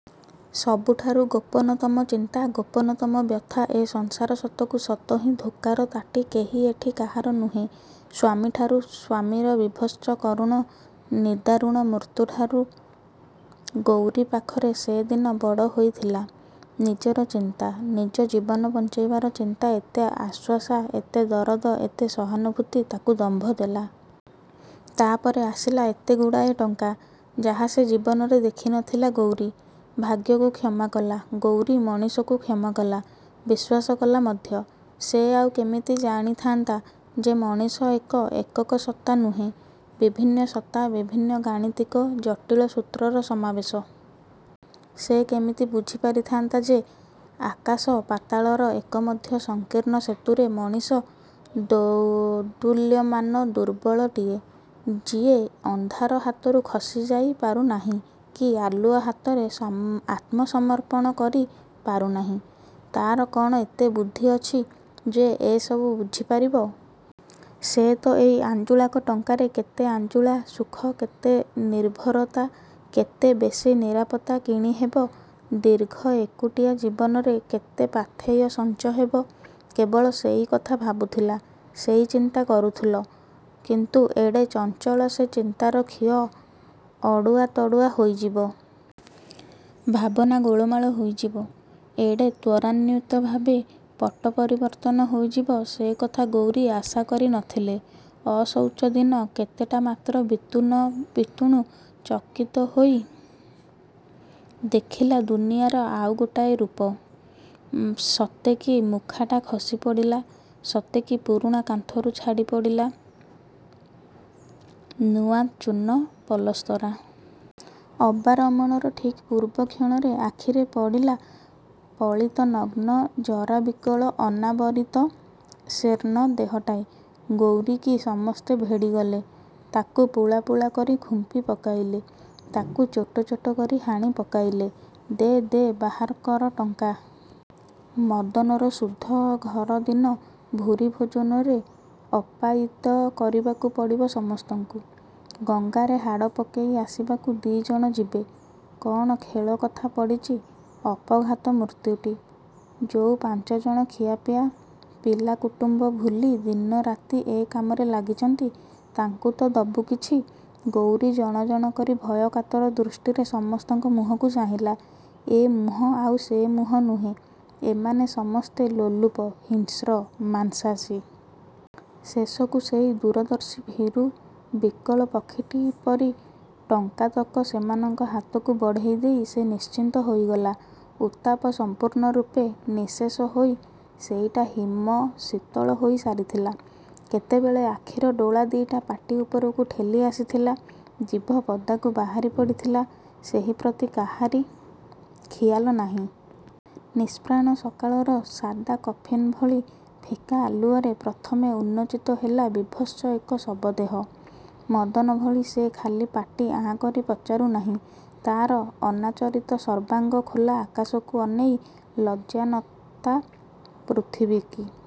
ସବୁଠାରୁ ଗୋପନତମ ଚିନ୍ତା ଗୋପନ ତମ ବ୍ୟଥା ଏ ସଂସାର ସତକୁ ସତ ହିଁ ଧୋକାର ତାଟି କେହି ଏଠି କାହାର ନୁହେଁ ସ୍ୱାମୀଠାରୁ, ସ୍ୱାମୀର ବିଭତ୍ସ କରୁଣ ନିଦାରୁଣ ମୃତ୍ୟୁଠାରୁ ଗୌରୀ ପାଖରେ ସେଦିନ ବଡ଼ ହୋଇଥିଲା ନିଜର ଚିନ୍ତା... ନିଜ ଜୀବନ ବଞ୍ଚେଇବାର ଚିନ୍ତା ଏତେ ଆଶ୍ୱାସ ଏତେ ଦରଦ ଏତେ ସହାନୁଭୂତି ତାକୁ ଦମ୍ଭ ଦେଲା... ତା'ପରେ ଆସିଲା ଏତେ ଗୁଡ଼ାଏ ଟଙ୍କା... ଯାହା ସେ ଜୀବନରେ ଦେଖି ନଥିଲା ଗୌରୀ ଭାଗ୍ୟକୁ କ୍ଷମା କଲା... ଗୌରୀ ମଣିଷକୁ କ୍ଷମା କଲା... ବିଶ୍ୱାସ କଲା ମଧ୍ୟ -। ସେ ଆଉ କେମିତି ଜାଣିଥାନ୍ତା ଯେ ମଣିଷ ଏକ ଏକକ ସତ୍ତା ନୁହେଁ ବିଭିନ୍ନ ସତ୍ତା ବିଭିନ୍ନ ଗାଣିତିକ ଜଟିଳ ସୂତ୍ରର ସମାବେଶ। ସେ କେମିତି ବୁଝି ପାରିଥାନ୍ତା ଯେ ଆକାଶ ପାତାଳର ଏକ ମଧ୍ୟ ସଂକୀର୍ଣ୍ଣ ସେତୁରେ ମଣିଷ ଦୋଦୁଲ୍ୟମାନ ଦୁର୍ବଳଟିଏ। ଯିଏ ଅନ୍ଧାର ହାତରୁ ଖସିଯାଇ ପାରୁନାହିଁ କି ଆଲୁଅ ହାତରେ ଆତ୍ମସମର୍ପଣ କରି ପାରୁନାହିଁ... ତା'ର କ'ଣ ଏତେ ବୁଦ୍ଧି ଅଛି... ଯେ ଏସବୁ ବୁଝି ପାରିବ। ସେ'ତ ଏଇ ଆଞ୍ଜୁଳାକ ଟଙ୍କାରେ କେତେ ଆଞ୍ଜୁଳା, ସୁଖ କେତେ ନିର୍ଭରତା, କେତେ ବେଶି ନିରାପତ୍ତା କିଣି ହେବ ଦୀର୍ଘ ଏକୁଟିଆ ଜୀବନରେ କେତେ ପାଥେୟ ସଞ୍ଚହେବ କେବଳ ସେଇକଥା ଭାବୁଥିଲା ସେଇ ଚିନ୍ତା କରୁଥିଲ କିନ୍ତୁ ଏଡ଼େ ଚଞ୍ଚଳ ସେ ଚିନ୍ତାର ଖିଅ ଅଡ଼ୁଆ ତଡ଼ୁଆ ହୋଇଯିବ। ଭାବନା ଗୋଳମାଳ ହୋଇଯିବ, ଏଡ଼େ ତ୍ୱରାନ୍ୱୀତଭାବେ ପଟ୍ଟପରିବର୍ତ୍ତନ ହୋଇଯିବ ସେକଥା ଗୌରୀ ଆଶା କରି ନଥିଲେ ଅଶୌଚ ଦିନ କେତେଟା ମାତ୍ର ବିତୁ ନ ବିତୁଣୁ ଚକିତ ହୋଇ ଦେଖିଲା ଦୁନିଆର ଆଉ ଗୋଟାଏ ରୂପ। ସତେ କି ମୂଖାଟା ଖସି ପଡ଼ିଲା ସତେକି ପୁରୁଣା କାନ୍ଥରୁ ଛାଡ଼ି ପଡ଼ିଲା, ନୂଆ ଚୂନ ପଲସ୍ତରା। ଅବା ରମଣର ଠିକ୍ ପୂର୍ବ କ୍ଷଣରେ ଆଖିରେ ପଡ଼ିଲା ପଳିତ ନଗ୍ନ ଜରା ବିକଳ ଅନାବରିତ ଶୀର୍ଣ୍ଣ ଦେହଟାଏ... ଗୌରୀକି ସମସ୍ତେ ବେଢ଼ିଗଲେ। ତାକୁ ପୁଳା ପୁଳା କରି ଖୁମ୍ପି ପକେଇଲେ। ତାକୁ ଚୋଟ ଚୋଟ କରି ହାଣି ପକେଇଲେ-। ଦେ ଦେ ବାହାର କର ଟଙ୍କା। ମଦନର ଶୁଦ୍ଧଘରଦିନ, ଭୂରୀ ଭୋଜନରେ ଆପ୍ପାୟୀତ କରିବାକୁ ପଡ଼ିବ ସମସ୍ତଙ୍କୁ। ଗଙ୍ଗାରେ ହାଡ଼ ପକେଇ ଆସିବାକୁ ଦି'ଜଣ ଯିବେ। କ'ଣ ଖେଳ କଥା ପଡ଼ିଚି। ଅପଘାତ ମୃତ୍ୟୁଟି। ଯୋଉ ପାଞ୍ଚଜଣ ଖିଆପିଆ, ପିଲା କୁଟୁମ୍ବ ଭୁଲି ଦିନରାତି ଏ କାମରେ ଲାଗିଛନ୍ତି, ତାଙ୍କୁ ତ ଦବୁ କିଛି ଗୌରୀ ଜଣ ଜଣ କରି ଭୟ କାତର ଦୃଷ୍ଟିରେ ସମସ୍ତଙ୍କ ମୁହଁକୁ ଚାହିଁଲା ଏ ମୁହଁ ଆଉ ସେ ମୁହଁ ନୁହେଁ ଏମାନେ ସମସ୍ତେ ଲୋଲୁପ ହିଂସ୍ର ମାଂସାଶୀ। ଶେଷକୁ ସେଇ ଦୂରଦର୍ଶୀ ଭୀରୁ ବିକଳ ପକ୍ଷୀଟିପରି ଟଙ୍କାତକ ସେମାନଙ୍କ ହାତକୁ ବଢ଼େଇ ଦେଇ ସେ ନିଶ୍ଚିତ ହୋଇଗଲା। ଉତ୍ତାପ ସମ୍ପୂର୍ଣ୍ଣ ରୂପେ ନିଃଶେଷ ହୋଇ ସେଇଟା ହିମ ଶୀତଳ ହୋଇ ସାରିଥିଲା...। କେତେବେଳେ ଆଖିର ଡୋଳା ଦିଇଟା ପାଟି ଉପରକୁ ଠେଲି ଆସିଥିଲା...। ଜିଭ ପଦାକୁ ବାହାରି ପଡ଼ିଥିଲା ସେଥିପ୍ରତି କାହାରି ଖିଆଲ ନାହିଁ। ନିଷ୍ପ୍ରାଣ ସକାଳର ସାଦା କଫିନ ଭଳି ଫିକା ଆଲୁଅରେ ପ୍ରଥମେ ଉନ୍ମୋଚିତ ହେଲା ବିଭତ୍ସ ଏକ ଶବ ଦେହ। ମଦନ ଭଳି ସେ ଖାଲି ପାଟି ଆଁ କରି ପଚାରୁ ନାହିଁ। ତା'ର ଅନାଚରିତ ସର୍ବାଙ୍ଗ ଖୋଲା ଆକାଶକୁ ଅନେଇ, ଲଜ୍ଜାନତା ପୃଥିବୀକି